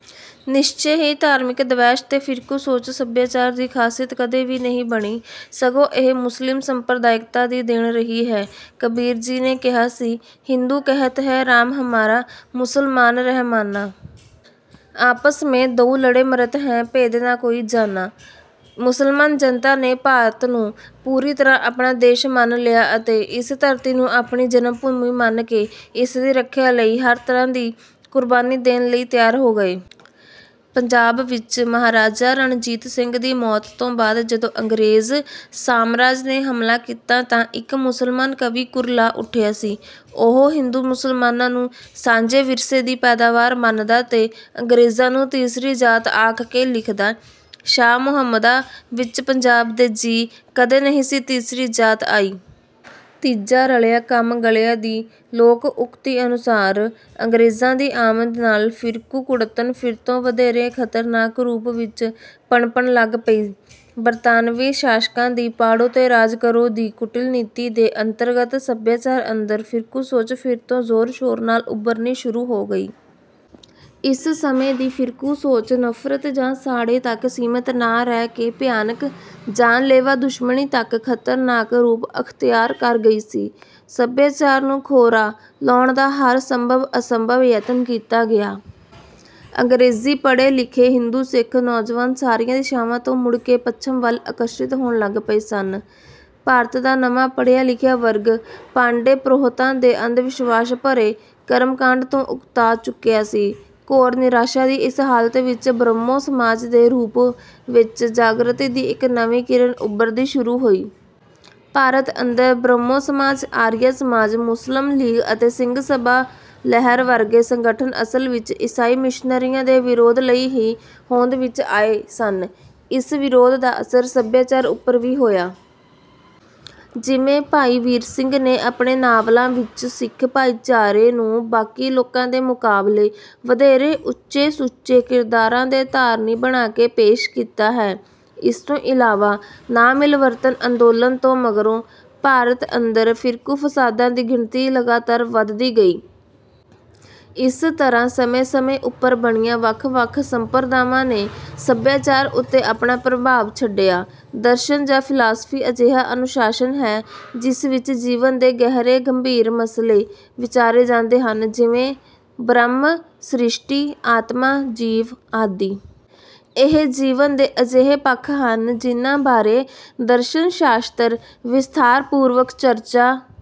ਨਿਸ਼ਚੇ ਹੀ ਧਾਰਮਿਕ ਦਵੈਸ਼ ਅਤੇ ਫਿਰਕੂ ਸੋਚ ਸੱਭਿਆਚਾਰ ਦੀ ਖਾਸੀਅਤ ਕਦੇ ਵੀ ਨਹੀਂ ਬਣੀ, ਸਗੋਂ ਇਹ ਮੁਸਲਿਮ ਸੰਪਰਦਾਇਕਤਾ ਦੀ ਦੇਣ ਰਹੀ ਹੈ। ਕਬੀਰ ਜੀ ਨੇ ਕਿਹਾ ਸੀ, "ਹਿੰਦੂ ਕਹਤ ਹੈ ਰਾਮ ਹਮਾਰਾ, ਮੁਸਲਮਾਨ ਰਹਿਮਾਨਾ। ਆਪਸ ਮੇਂ ਦੋਊ ਲੜੇ ਮਰਤ ਹੈਂ, ਭੇਦ ਨਾ ਕੋਈ ਜਾਨਾ।" ਮੁਸਲਮਾਨ ਜਨਤਾ ਨੇ ਭਾਰਤ ਨੂੰ ਪੂਰੀ ਤਰ੍ਹਾਂ ਆਪਣਾ ਦੇਸ਼ ਮੰਨ ਲਿਆ ਅਤੇ ਇਸ ਧਰਤੀ ਨੂੰ ਆਪਣੀ ਜਨਮਭੂਮੀ ਮੰਨ ਕੇ ਇਸਦੀ ਰੱਖਿਆ ਲਈ ਹਰ ਤਰ੍ਹਾਂ ਦੀ ਕੁਰਬਾਨੀ ਦੇਣ ਲਈ ਤਿਆਰ ਹੋ ਗਏ। ਪੰਜਾਬ ਵਿੱਚ ਮਹਾਰਾਜਾ ਰਣਜੀਤ ਸਿੰਘ ਦੀ ਮੌਤ ਤੋਂ ਬਾਅਦ ਜਦੋਂ ਅੰਗਰੇਜ਼ ਸਾਮਰਾਜ ਨੇ ਹਮਲਾ ਕੀਤਾ, ਤਾਂ ਇੱਕ ਮੁਸਲਮਾਨ ਕਵੀ ਕੁਰਲਾ ਉੱਠਿਆ ਸੀ। ਉਹ ਹਿੰਦੂ-ਮੁਸਲਮਾਨਾਂ ਨੂੰ 'ਸਾਂਝੇ ਵਿਰਸੇ' ਦੀ ਪੈਦਾਵਾਰ ਮੰਨਦਾ ਤੇ ਅੰਗਰੇਜ਼ਾਂ ਨੂੰ 'ਤੀਸਰੀ ਜਾਤ' ਆਖ ਕੇ ਲਿਖਦਾ ਹੈ: - "ਸ਼ਾਹ ਮੁਹੰਮਦਾ, ਵਿਚ ਪੰਜਾਬ ਦੇ ਜੀ, ਕਦੇ ਨਹੀਂ ਸੀ ਤੀਸਰੀ ਜਾਤ ਆਈ।" 'ਤੀਜਾ ਰਲਿਆ ਕੰਮ ਗਲਿਆ' ਦੀ ਲੋਕ-ਉਕਤੀ ਅਨੁਸਾਰ ਅੰਗਰੇਜ਼ਾਂ ਦੀ ਆਮਦ ਨਾਲ ਫ਼ਿਰਕੂ ਕੁੜੱਤਣ ਫਿਰ ਤੋਂ ਵਧੇਰੇ ਖ਼ਤਰਨਾਕ ਰੂਪ ਵਿੱਚ ਪਨਪਣ ਲੱਗ ਪਈ। ਬਰਤਾਨਵੀ ਸ਼ਾਸਕਾਂ ਦੀ 'ਪਾੜੋ ਤੇ ਰਾਜ ਕਰੋ' ਦੀ ਕੁਟਿਲ ਨੀਤੀ ਦੇ ਅੰਤਰਗਤ ਸਭਿਆਚਾਰ ਅੰਦਰ ਫ਼ਿਰਕੂ ਸੋਚ ਫਿਰ ਤੋਂ ਜ਼ੋਰ-ਸ਼ੋਰ ਨਾਲ ਉਭਰਨੀ ਸ਼ੁਰੂ ਹੋ ਗਈ। ਇਸ ਸਮੇਂ ਦੀ ਫ਼ਿਰਕੂ ਸੋਚ 'ਨਫ਼ਰਤ' ਜਾਂ 'ਸਾੜੇ' ਤੱਕ ਸੀਮਿਤ ਨਾ ਰਹਿ ਕੇ ਭਿਆਨਕ, ਜਾਨ-ਲੇਵਾ ਦੁਸ਼ਮਣੀ ਤੱਕ ਖ਼ਤਰਨਾਕ ਰੂਪ ਅਖ਼ਤਿਆਰ ਕਰ ਗਈ ਸੀ। ਸਭਿਆਚਾਰ ਨੂੰ ਖੋਰਾ ਲਾਉਣ ਦਾ ਹਰ ਸੰਭਵ-ਅਸੰਭਵ ਯਤਨ ਕੀਤਾ ਗਿਆ। ਅੰਗਰੇਜ਼ੀ ਪੜ੍ਹੇ-ਲਿਖੇ ਹਿੰਦੂ-ਸਿੱਖ ਨੌਜਵਾਨ ਸਾਰੀਆਂ ਦਿਸ਼ਾਵਾਂ ਤੋਂ ਮੁੜ ਕੇ ਪੱਛਮ ਵੱਲ ਆਕਰਸ਼ਿਤ ਹੋਣ ਲੱਗ ਪਏ ਸਨ। ਭਾਰਤ ਦਾ ਨਵਾਂ ਪੜ੍ਹਿਆ-ਲਿਖਿਆ ਵਰਗ ਪਾਂਡੇ, ਪ੍ਰੋਹਿਤਾਂ ਦੇ ਅੰਧ-ਵਿਸ਼ਵਾਸ ਭਰੇ ਕਰਮ-ਕਾਂਡ ਤੋਂ ਉਕਤਾ ਚੁੱਕਿਆ ਸੀ। ਘੋਰ ਨਿਰਾਸ਼ਾ ਦੀ ਇਸ ਹਾਲਤ ਵਿੱਚ ਬ੍ਰਹਮੋ ਸਮਾਜ ਦੇ ਰੂਪ ਵਿੱਚ ਜਾਗ੍ਰਿਤੀ ਦੀ ਇੱਕ ਨਵੀਂ ਕਿਰਨ ਉਭਰਦੀ ਸ਼ੁਰੂ ਹੋਈ। ਭਾਰਤ ਅੰਦਰ ਬ੍ਰਹਮੋ ਸਮਾਜ, ਆਰੀਆ ਸਮਾਜ, ਮੁਸਲਿਮ ਲੀਗ, ਅਤੇ ਸਿੰਘ ਸਭਾ ਲਹਿਰ ਵਰਗੇ ਸੰਗਠਨ ਅਸਲ ਵਿੱਚ ਈਸਾਈ ਮਿਸ਼ਨਰੀਆਂ ਦੇ ਵਿਰੋਧ ਲਈ ਹੀ ਹੋਂਦ ਵਿੱਚ ਆਏ ਸਨ। ਇਸ ਵਿਰੋਧ ਦਾ ਅਸਰ ਸਭਿਆਚਾਰ ਉੱਪਰ ਵੀ ਹੋਇਆ। ਜਿਵੇਂ ਭਾਈ ਵੀਰ ਸਿੰਘ ਨੇ ਆਪਣੇ ਨਾਵਲਾਂ ਵਿੱਚ ਸਿੱਖ ਭਾਈਚਾਰੇ ਨੂੰ ਬਾਕੀ ਲੋਕਾਂ ਦੇ ਮੁਕਾਬਲੇ ਵਧੇਰੇ ਉੱਚੇ-ਸੁੱਚੇ ਕਿਰਦਾਰਾਂ ਦੇ ਧਾਰਨੀ ਬਣਾ ਕੇ ਪੇਸ਼ ਕੀਤਾ ਹੈ। ਇਸ ਤੋਂ ਇਲਾਵਾ ਨਾ-ਮਿਲਵਰਤਨ ਅੰਦੋਲਨ ਤੋਂ ਮਗਰੋਂ ਭਾਰਤ ਅੰਦਰ ਫਿਰਕੂ ਫਸਾਦਾਂ ਦੀ ਗਿਣਤੀ ਲਗਾਤਾਰ ਵਧਦੀ ਗਈ। ਇਸ ਤਰ੍ਹਾਂ ਸਮੇਂ-ਸਮੇਂ ਉੱਪਰ ਬਣੀਆਂ ਵੱਖ-ਵੱਖ ਸੰਪਰਦਾਵਾਂ ਨੇ ਸਭਿਆਚਾਰ ਉੱਪਰ ਆਪਣਾ ਪ੍ਰਭਾਵ ਛੱਡਿਆ। ਦਰਸ਼ਨ ਜਾਂ ਫਿਲਾਸਫੀ ਅਜਿਹਾ ਅਨੁਸ਼ਾਸਨ ਹੈ, ਜਿਸ ਵਿੱਚ ਜੀਵਨ ਦੇ ਗਹਿਰੇ-ਗੰਭੀਰ ਮਸਲੇ ਵਿਚਾਰੇ ਜਾਂਦੇ ਹਨ, ਜਿਵੇਂ: ਬ੍ਰਹਮ, ਸ੍ਰਿਸ਼ਟੀ, ਆਤਮਾ, ਜੀਵ ਆਦਿ। ਇਹ ਜੀਵਨ ਦੇ ਅਜਿਹੇ ਪੱਖ ਹਨ ਜਿਨ੍ਹਾਂ ਬਾਰੇ ਦਰਸ਼ਨ-ਸ਼ਾਸਤਰ ਵਿਸਥਾਰਪੂਰਵਕ ਚਰਚਾ